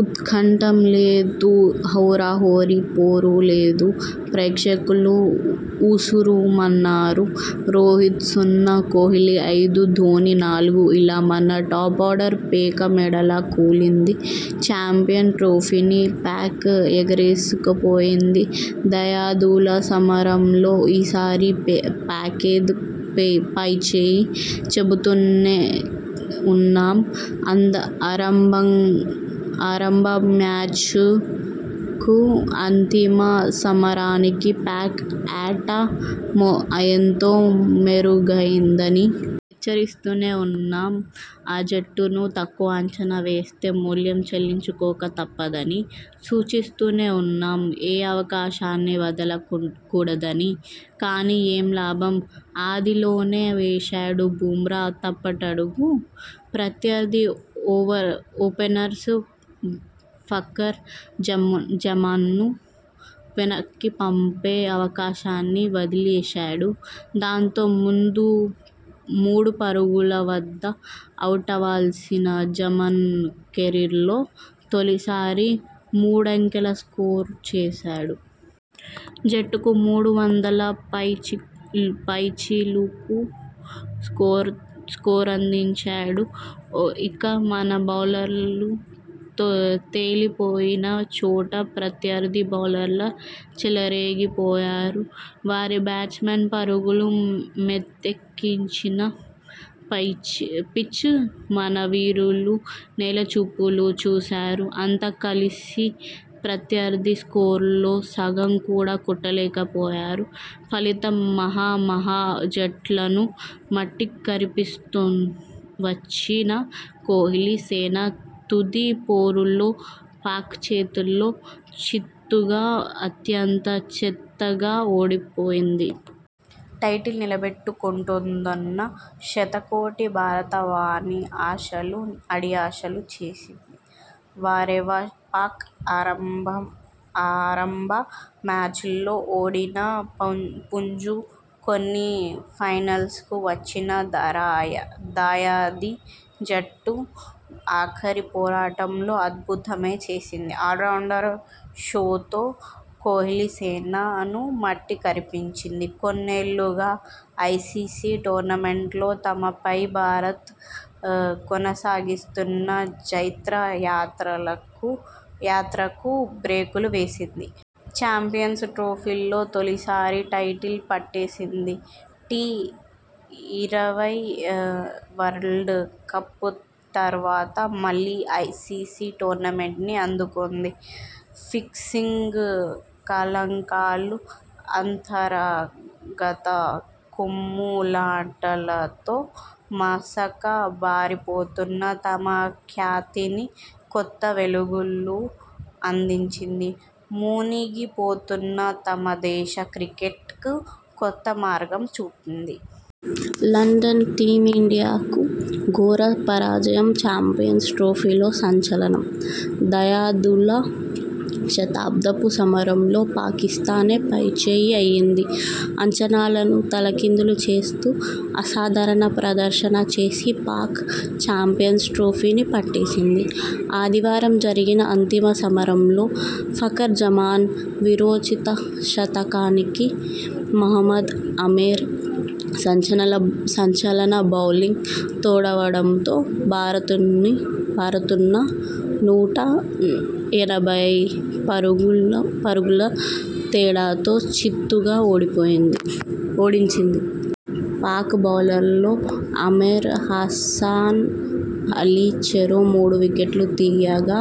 ఉత్కంఠ లేదు, హోరాహోరీ పోరూ లేదు. ప్రేక్షకులు ఉసూరుమన్నారు. రోహిత్ సున్నా, కోహ్లీ ఐదు, ధోనీ నాలుగు, ఇలా మన టాపార్డర్ పేక మేడలా కూలింది. చాంపియన్స్ ట్రోఫీని పాక్ ఎగరేసుకు పోయింది. దాయాదుల సమరంలో ఈసారి పాక్దే పైచేయి, చెబుతూనే ఉన్నాం.. ఆరంభ మ్యాచ్కు అంతిమ సమరానికి పాక్ ఆట ఎంతో మెరుగైందని! హెచ్చరిస్తూనే ఉన్నాం.. ఆ జట్టును తక్కువ అంచనా వేస్తే మూల్యం చెల్లించుకోక తప్పదని! సూచిస్తూనే ఉన్నాం, ఏ అవకాశాన్ని వదల కూడదని! కానీ, ఏం లాభం! ఆదిలోనే వేశాడు బుమ్రా 'తప్పటడుగు'! ప్రత్యర్థి ఓపెనర్ ఫఖర్ జమాన్ను వెనక్కి పంపే అవకాశాన్ని వదిలేశాడు.! దాంతో మూడు పరుగుల వద్ద అవుటవ్వాల్సిన జమాన్ కెరీర్లో తొలిసారి మూడంకెల స్కోరు చేసేడు.! జట్టుకు మూడు వందల పైచిలుకు స్కోరందించాడు! ఇక, మన బౌలర్లు తేలి పోయిన చోట ప్రత్యర్థి బౌలర్లు చెలరేగిపోయారు.! వారి బ్యాట్స్మెన్ పరుగుల మోతెక్కించిన పిచ్పై మన వీరులు నేల చూపులు చూశారు.! అంతా కలిసి ప్రత్యర్థి స్కోరులో సగం కూడా కొట్టలేక పోయారు.! ఫలితం మహా మహా జట్లను మట్టి కరిపిస్తూ వచ్చిన కోహ్లీ సేన తుది పోరులో పాక్ చేతిలో చిత్తుగా, అత్యంత చెత్తగా ఓడిపోయింది! టైటిల్ నిలబెట్టు కుంటుందున్న శతకోటి భారతావని ఆశలు అడియాశలు చేసింది.! వారెవ్వా పాక్, ఆరంభ మ్యాచ్లో ఓడినా పుంజు కొని ఫైనల్కు వచ్చిన దాయాది జట్టు, ఆఖరి పోరాటంలో ఆద్భుతమే చేసింది.! ఆల్రౌండ్ షోతో కోహ్లీ సేనను మట్టి కరిపించింది.! కొన్నేళ్లుగా ఐసీసీ టోర్నమెంట్ తమపై భారత్ కొనసాగిస్తున్న జైత్ర యాత్రకు బ్రేకులు వేసింది! చాంపియన్స్ ట్రోఫీలో తొలిసారి టైటిల్ పట్టేసింది.! టీ, ఇరవై వరల్డ్ కప్ తర్వాత మళ్లీ ఐసీసీ టోర్నీని అందుకుంది.! ఫిక్సింగ్ కళంకాలు, అంతర్గత కుమ్ము లాటలతో మసక బారిపోతున్న తమ ఖ్యాతికి కొత్త వెలుగులు అందించింది.! మునిగి పోతున్న తమ దేశ క్రికెట్కు కొత్త మార్గం చూపింది! లండన్ టీమిండియాకు ఘోర పరాజయం. చాంపియన్స్ ట్రోఫీలో సంచలనం. దాయాదుల 'శతాబ్దపు' సమరంలో పాకిస్థాన్దే పైచేయి అయింది. అంచనాలను తలకిందలు చేస్తూ, అసాధారణ ప్రదర్శన చేసిన పాక్, చాంపియన్స్ ట్రోఫీని పట్టేసింది. ఆదివారం జరిగిన అంతిమ సమరంలో ఫఖర్ జమాన్ వీరోచిత శతకానికి, మహమ్మద్ ఆమెర్ సంచలన బౌలింగ్ తోడవడంతో భారత్ను నూట ఎనభై పరుగుల తేడాతో చిత్తుగా ఓడిపోయి ఓడించింది. పాక్ బౌలర్ల ఆమెర్, హసన్ అలీ చెరో మూడు వికెట్లు తీయగా,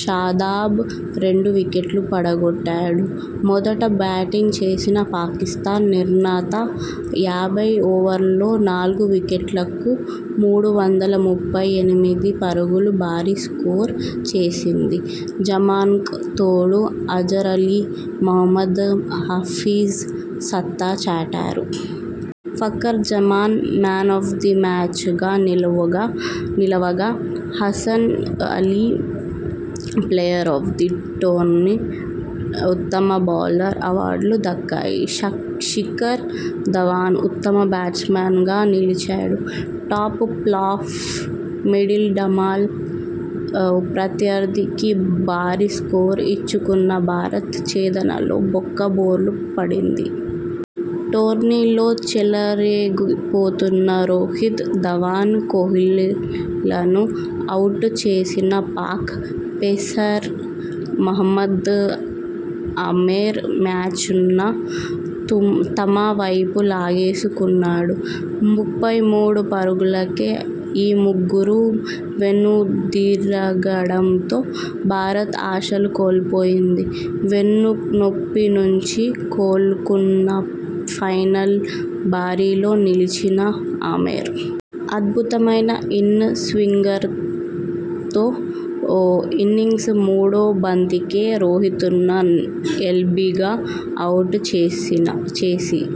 షాదాబ్ రెండు వికెట్లు పడగొట్టాడు. మొదట బ్యాటింగ్ చేసిన పాకిస్థాన్ నిర్ణత యాభై ఓవర్లలో నాలుగు వికెట్లకు మూడు వందల ముప్పై ఎనిమిది పరుగుల భారీ స్కోరు చేసింది. జమాన్కు తోడు అజర్ అలీ, మహమ్మద్ హఫీజ్ సత్తా చాటారు. Fakhar Zaman 'man of the మ్యాచ్'గా నిలువగా, Hasan Ali 'player of the tourney', 'ఉత్తమ బౌలర్' అవార్డులు దక్కాయి. శిఖర్ ధవన్ ఉత్తమ బ్యాట్స్మన్గా నిలిచాడు. టాప్ ఫ్లాప్, మిడిల్ ఢమాల్, ప్రత్యర్థికి భారీ స్కోరు ఇచ్చుకున్న భారత్ ఛేదనలో బొక్క బోరు పడింది. టోర్నీలో చెలరేగిపోతున్న రోహిత్, ధవన్, కోహ్లీలను అవుట్ చేసిన పాక్ పేసర్ మహమ్మద్ ఆమెర్ మ్యాచ్ను తమ వైపు లాగేసు కున్నాడు. ముప్పై మూడు పరుగులకే ఈ ముగ్గురూ వెనుదిరగడంతో భారత్ ఆశలు కోల్పోయింది. వెన్నునొప్పి నుంచి కోలుకొని ఫైనల్ బరిలో నిలిచిన ఆమెర్, అద్భుతమైన ఇన్ స్వింగర్తో ఇన్నింగ్స్ మూడో బంతికే రోహిత్ను ఎల్బీగా అవుట్ చేసి